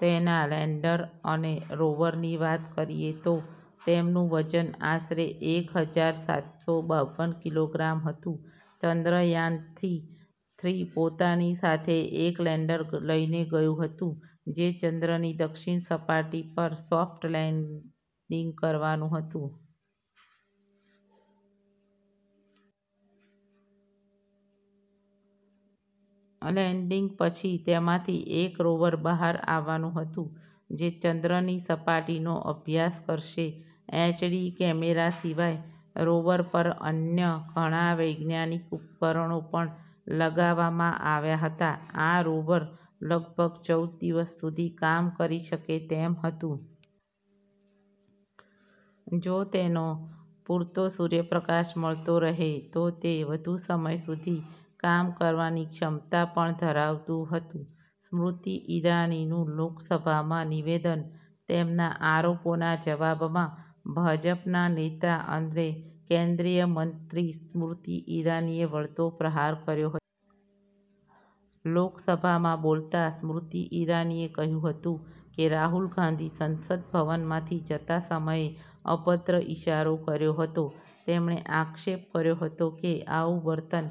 તેના લેન્ડર અને રોવરની વાત કરીએ તો, તેમનું વજન આશરે એક હજાર સાતસો બાવન કિલોગ્રામ હતું. ચંદ્રયાન-થ્રી પોતાની સાથે એક લેન્ડર લઈને ગયું હતું, જે ચંદ્રની દક્ષિણ સપાટી પર સોફ્ટ લેન્ડિંગ કરવાનું હતું. લેન્ડિંગ પછી, તેમાંથી એક રોવર બહાર આવવાનું હતું, જે ચંદ્રની સપાટીનો અભ્યાસ કરશે. એચડી કેમેરા સિવાય રોવર પર અન્ય ઘણા વૈજ્ઞાનિક ઉપકરણો પણ લગાવવામાં આવ્યા હતા. આ રોવર લગભગ ચૌદ દિવસ સુધી કામ કરી શકે તેમ હતું. જો તેને પૂરતો સૂર્યપ્રકાશ મળતો રહે, તો તે વધુ સમય સુધી કામ કરવાની ક્ષમતા પણ ધરાવતું હતું. સ્મૃતિ ઈરાનીનું લોકસભામાં નિવેદન તેમના આરોપોના જવાબમાં ભાજપના નેતા અને કેન્દ્રીય મંત્રી સ્મૃતિ ઈરાનીએ વળતો પ્રહાર કર્યો હતો. લોકસભામાં બોલતાં સ્મૃતિ ઈરાનીએ કહ્યું હતું કે, રાહુલ ગાંધી સંસદ ભવનમાંથી જતા સમયે અભદ્ર ઈશારો કર્યો હતો. તેમણે આક્ષેપ કર્યો હતો કે આવું વર્તન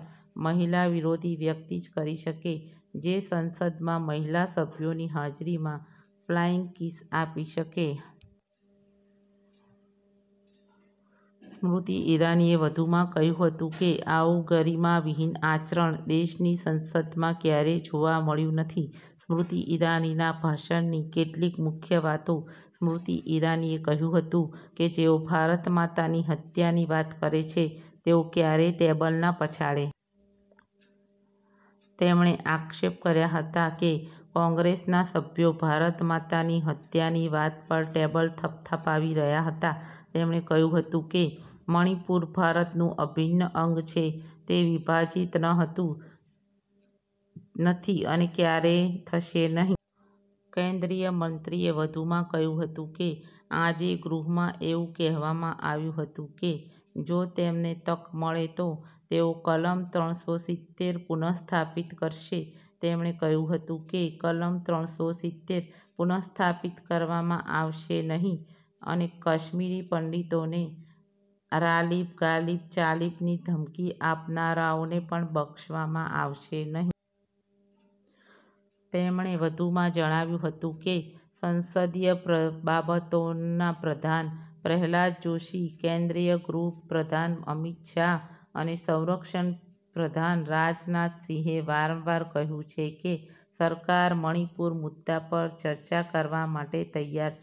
મહિલા વિરોધી વ્યક્તિ જ કરી શકે, જે સંસદમાં મહિલા સભ્યોની હાજરીમાં ફ્લાઈંગ કિસ આપી શકે. સ્મૃતિ ઈરાનીએ વધુમાં કહ્યું હતું કે આવું ગરિમા વિહીન આચરણ દેશની સંસદમાં ક્યારેય જોવા મળ્યું નથી. સ્મૃતિ ઈરાનીના ભાષણની કેટલીક મુખ્ય વાતો સ્મૃતિ ઈરાનીએ કહ્યું હતું કે જેઓ “ભારત માતાની હત્યા”ની વાત કરે છે, તેઓ ક્યારેય ટેબલ ન પછાડે. તેમણે આક્ષેપ કર્યો હતો કે કોંગ્રેસના સભ્યો “ભારત માતાની હત્યા”ની વાત પર ટેબલ થપથપાવી રહ્યા હતા. તેમણે કહ્યું હતું કે મણિપુર ભારતનું અભિન્ન અંગ છે. તે વિભાજિત ન હતું, નથી અને ક્યારેય થશે નહીં. કેન્દ્રીય મંત્રીએ વધુમાં કહ્યું હતું કે આજે ગૃહમાં એવું કહેવામાં આવ્યું હતું કે જો તેમને તક મળે તો તેઓ કલમ ત્રણસો સિત્તેર પુનઃસ્થાપિત કરશે. તેમણે કહ્યું હતું કે કલમ ત્રણસો સિત્તેર પુનઃસ્થાપિત કરવામાં આવશે નહીં અને કાશ્મીરી પંડિતોને “રાલિબ, ગાલિબ, ચાલીબ”ની ધમકી આપનારાઓને પણ બક્ષવામાં આવશે નહીં. તેમણે વધુમાં જણાવ્યું હતું કે સંસદીય બાબતોના પ્રધાન પ્રહલાદ જોશી, કેન્દ્રીય ગૃહ પ્રધાન અમિત શાહ અને સંરક્ષણ પ્રધાન રાજનાથ સિંહે વારંવાર કહ્યું છે કે સરકાર મણિપુર મુદ્દા પર ચર્ચા કરવા માટે તૈયાર છે.